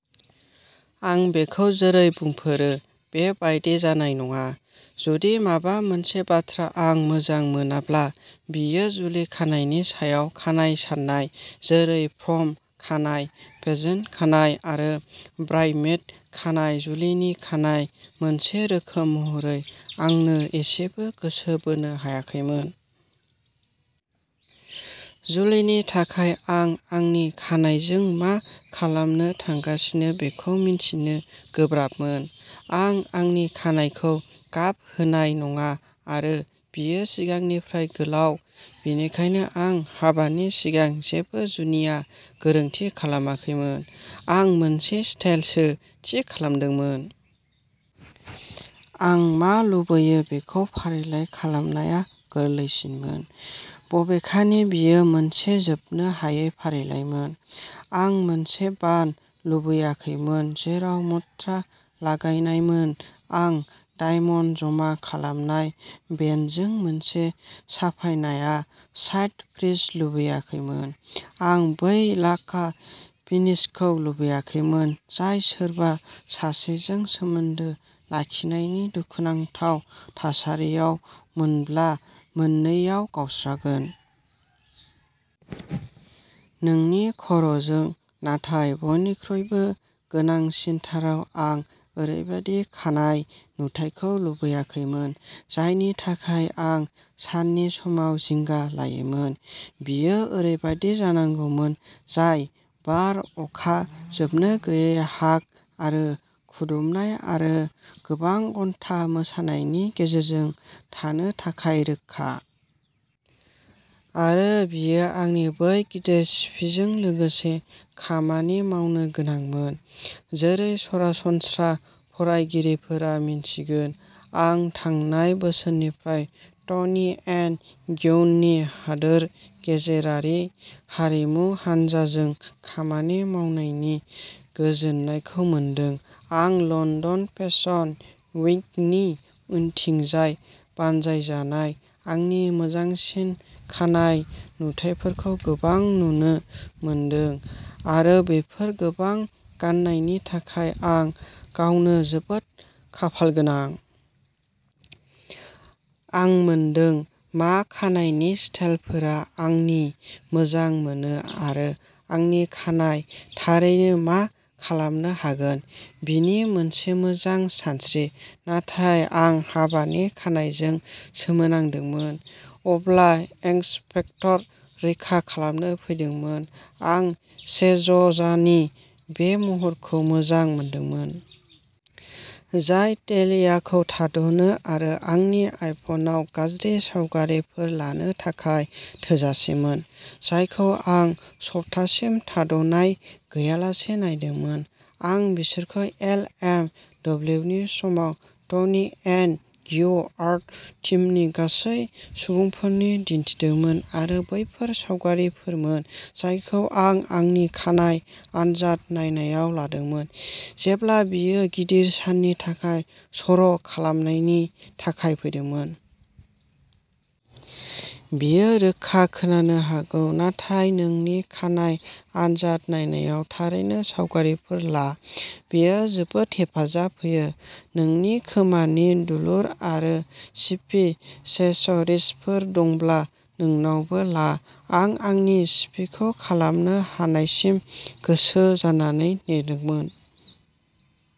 आं बेखौ जेरै बुंफोरो बे बायदि जानाय नङा। जुदि माबा मोनसे बाथ्रा आं मोजां मोनाब्ला बियो जुलि खानायनि सायाव खानाय साननाय। जेरै प्रम खानाय पेजेट खानाय आरो ब्राइमेद खानाय जुलिनि खानाय मोनसे रोखोम महरै आंनो एसेबो गोसो बोनो हायाखैमोन। जुलिनि थाखाय आं आंनि खानायजों मा खालामनो थांगासिनो बेखौ मिन्थिनो गोब्राबमोन। आं आंनि खानाइखौ गाब होनाय नङा आरो बियो सिगांनिफ्राय गोलाव। बेनिखायनो आं हाबानि सिगां जेबो जुनिया गोरोन्थि खालामाखैमोन। आं मोनसे स्टाइलसो थि खालामदोंमोन। आं मा लुबैयो बेखौ फारिलाइ खालामनाया गोरलैसिनमोन। बबेखानि बियो मोनसे जोबनो हायै फारिलाइमोन। आं मोनसे बान लुबैयाखैमोन जेराव मुक्ता लागायनायमोन। आं डायमन्ट ज'मा खालामनाय बेन्डजों मोनसे साफायनाया साइड फ्रिज लुबैयाखैमोन। आं बै लाखा फिनिसखौ लुबैयाखैमोन जाय सोरबा सासेजों सोमोन्दो लाखिनायनि दुखुनांथाव थासारियाव मोनब्ला मोननैआव गावस्रागोन। नोंनि खर'जों। नाथाय बयनिख्रुइबो गोनांसिनथाराव आं ओरैबायदि खानाय नुथायखौ लुबैयाखैमोन जायनि थाखाय आं साननि समाव जिंगा लायोमोन। बियो ओरैबायदि जानांगौमोन जाय बार, अखा, जोबनो गैयै हाग आरो खुदुमनाय आरो गोबां घन्टा मोसानायनि गेजेरजों थानो थाखाय रोखा। आरो बियो आंनि बै गिदिर सिफिजों लोगोसे खामानि मावनो गोनांमोन। जेरै सरासनस्रा फरायगिरिफोरा मिन्थिगोन। आं थांनाय बोसोरनिफ्राय ट'नि एन्ड ग्युनि हादोर गेजेरारि हारिमु हानजाजों खामानि मावनायनि गोजोननायखौ मोनदों। आं लन्दन फेसन वीकनि उनथिंजाय बानजायजानाय आंनि मोजांसिन खानाय नुथाइफोरखौ गोबां नुनो मोनदों आरो बेफोर गोबां गान्नायनि थाखाय आं गावनो जोबोद खाफालगोनां। आं मोनदों। मा खानाइनि स्टाइलफोरा आंनि मोजां मोनो आरो आंनि खानाय थारैनो मा खालामनो हागोन। बेनि मोनसे मोजां सानस्रि। नाथाय आं हाबानि खानाइजों सोमोनांदोंमोन। अब्ला एंस फेक्टर रैखा खालामनो फैदोंमोन। आं चेज'जानि बे महरखौ मोजां मोनदोंमोन। जाय टेलिआखौ थाद'नो आरो आंनि आइफ'नाव गाज्रि सावगारिफोर लानो थाखाय थोजासेमोन। जायखौ आं सप्तासिम थाद'नाय गैयालासे नायदोंमोन। आं बिसोरखौ एल एम डब्लिउनि समाव ट'नि एन्ड ग्यु आर्ट टीमनि गासै सुबुंफोरनि दिन्थिदोंमोन आरो बैफोर सावगारिफोरमोन जायखौ आं आंनि खानाइ आनजाद नायनायाव लादोंमोन जेब्ला बियो गिदिर साननि थाखाय सर'खालामनायनि थाखाय फैदोंमोन। बियो रोखा खोनानो हागौ। नाथाय नोंनि खानाइ आनजाद नायनायाव थारैनो सावगारिफोर ला। बियो जोबोद हेफाजाब होयो। नोंनि खोमानि दुलुर आरो सिफि सेसरिजफोर दंब्ला नोंनावबो ला। आं आंनि सिफिखौ खालामनो हानायसिम गोसो जानानै नेदोंमोन।